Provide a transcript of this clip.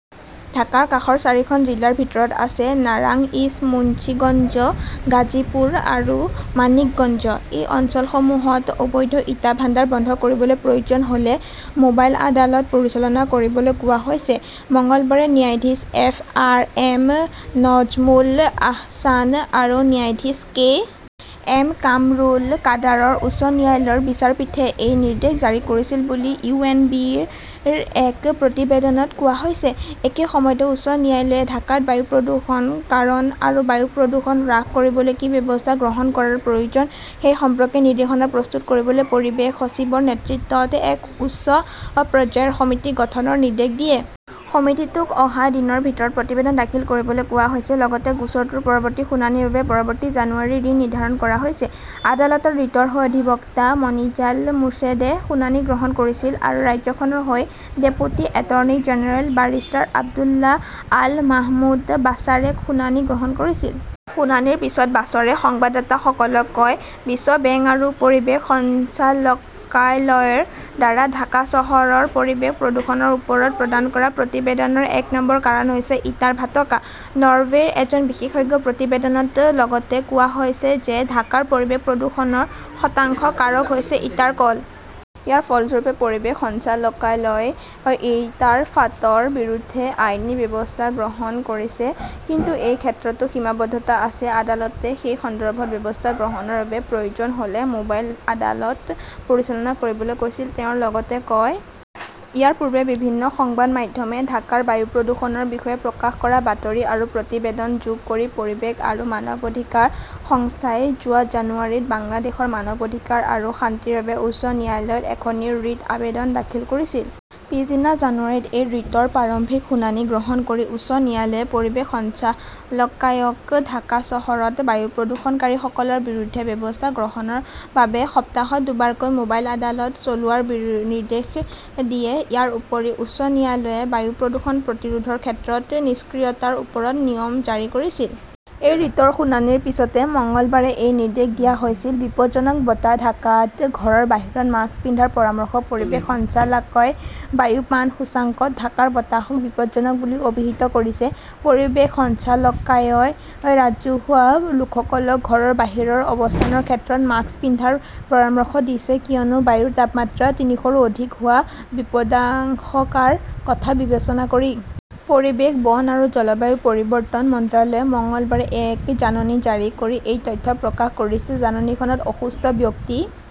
ঢাকাৰ কাষৰ চাৰিখন জিলাৰ ভিতৰত আছে নাৰাংইজ, মুন্সীগঞ্জ, গাজীপুৰ আৰু মানিকগঞ্জ। এই অঞ্চলসমূহত অবৈধ ইটা ভাণ্ডাৰ বন্ধ কৰিবলৈ প্ৰয়োজন হ "লে মোবাইল আদালত পৰিচালনা কৰিবলৈ কোৱা হৈছে। মঙলবাৰে ন্যায়াধীশ F. R. M. Nazmul Ahsan আৰু ন্যায়াধীশ কে. এম. কামৰুল কাদাৰৰ উচ্চ ন্যায়ালয়ৰ বিচাৰপীঠে এই নিৰ্দেশ জাৰি কৰিছিল বুলি ইউ. এন. বি. -ৰ এক প্ৰতিবেদনত কোৱা হৈছে। একে সময়তে, উচ্চ ন্যায়ালয়ে ঢাকাত বায়ু প্ৰদূষণৰ কাৰণ আৰু বায়ু প্ৰদূষণ হ্ৰাস কৰিবলৈ কি ব্যৱস্থা গ্ৰহণ কৰাৰ প্ৰয়োজন সেই সম্পৰ্কে নিৰ্দেশনা প্ৰস্তুত কৰিবলৈ পৰিৱেশ সচিবৰ নেতৃত্বত এক উচ্চ পৰ্যায়ৰ সমিতি গঠনৰ নিৰ্দেশ দিয়ে। সমিতিটোক অহা দিনৰ ভিতৰত প্ৰতিবেদন দাখিল কৰিবলৈ কোৱা হৈছে। লগতে গোচৰটোৰ পৰৱৰ্তী শুনানিৰ বাবে পৰৱৰ্তী জানুৱাৰীৰ দিন নিৰ্ধাৰণ কৰা হৈছে। আদালতত ৰিটৰ হৈ অধিবক্তা মনিজাল মোৰ্ছেদে শুনানি গ্ৰহণ কৰিছিল আৰু ৰাজ্যখনৰ হৈ deputy attorney general barrister Abdullah Al Mahmud বাছাৰে শুনানি গ্ৰহণ কৰিছিল। শুনানিৰ পিছত বাশ্বৰে সংবাদদাতাসকলক কয়, "বিশ্ব বেংক আৰু পৰিৱেশ সঞ্চালকালয়ৰ দ্বাৰা ঢাকা চহৰৰ পৰিৱেশ প্ৰদূষণৰ ওপৰত প্ৰদান কৰা প্ৰতিবেদনৰ এক নম্বৰ কাৰণ হৈছে ইটাৰ ভাটকা। নৰৱেৰ এজন বিশেষজ্ঞৰ প্ৰতিবেদনত লগতে কোৱা হৈছে যে ঢাকাৰ পৰিৱেশ প্ৰদূষণৰ শতাংশ কাৰক হৈছে ইটাৰ কল। "ইয়াৰ ফলস্বৰূপে পৰিৱেশ সঞ্চালকালয়ই ইটাৰ ফাঁটৰ বিৰুদ্ধে আইনী ব্যৱস্থা গ্ৰহণ কৰিছে। কিন্তু সেই ক্ষেত্ৰতো সীমাবদ্ধতা আছে। আদালতে এই সন্দৰ্ভত ব্যৱস্থা গ্ৰহণৰ বাবে প্ৰয়োজন হ "লে মোবাইল আদালত পৰিচালনা কৰিবলৈ কৈছিল", তেওঁ লগতে কয়। ইয়াৰ পূৰ্বে, বিভিন্ন সংবাদ মাধ্যমে ঢাকাৰ বায়ু প্ৰদূষণৰ বিষয়ে প্ৰকাশ কৰা বাতৰি আৰু প্ৰতিবেদন যোগ কৰি পৰিৱেশ আৰু মানৱ অধিকাৰ সংস্থাই যোৱা জানুৱাৰীত বাংলাদেশৰ মানৱ অধিকাৰ আৰু শান্তিৰ বাবে উচ্চ ন্যায়ালয়ত এখন ৰিট আবেদন দাখিল কৰিছিল। পিছদিনা জানুৱাৰীত এই ৰিটৰ প্ৰাৰম্ভিক শুনানি গ্ৰহণ কৰি উচ্চ ন্যায়ালয়ে পৰিৱেশ সঞ্চালকালয়ক ঢাকা চহৰত বায়ু প্ৰদূষণকাৰীসকলৰ বিৰুদ্ধে ব্যৱস্থা গ্ৰহণৰ বাবে সপ্তাহত দুবাৰকৈ মোবাইল আদালত চলোৱাৰ নিৰ্দেশ দিয়ে। ইয়াৰ উপৰিও, উচ্চ ন্যায়ালয়ে বায়ু প্ৰদূষণ প্ৰতিৰোধৰ ক্ষেত্ৰত নিষ্ক্ৰিয়তাৰ ওপৰত নিয়ম জাৰি কৰিছিল। এই ৰিটৰ শুনানিৰ পিছতে মঙলবাৰে এই নিৰ্দেশ দিয়া হৈছিল। বিপদজনক বতাহঃ ঢাকাত ঘৰৰ বাহিৰত মাস্ক পিন্ধাৰ পৰামৰ্শ পৰিৱেশ সঞ্চালকালয়ই বায়ু মান সূচকাংকত ঢাকাৰ বতাহক বিপদজনক বুলি অভিহিত কৰিছে। পৰিৱেশ সঞ্চালকালয়ই ৰাজহুৱা লোকসকলক ঘৰৰ বাহিৰৰ অৱস্থানৰ ক্ষেত্ৰত মাস্ক পিন্ধাৰ পৰামৰ্শ দিছে কিয়নো বায়ুৰ তাপমাত্ৰা তিনিশৰো অধিক হোৱাৰ বিপদাশংকাৰ কথা বিবেচনা কৰি। পৰিৱেশ, বন আৰু জলবায়ু পৰিৱৰ্তন মন্ত্ৰালয়ে মঙলবাৰে এক জাননী জাৰি কৰি এই তথ্য প্ৰকাশ কৰিছে। জাননীখনত অসুস্থ ব্যক্তি,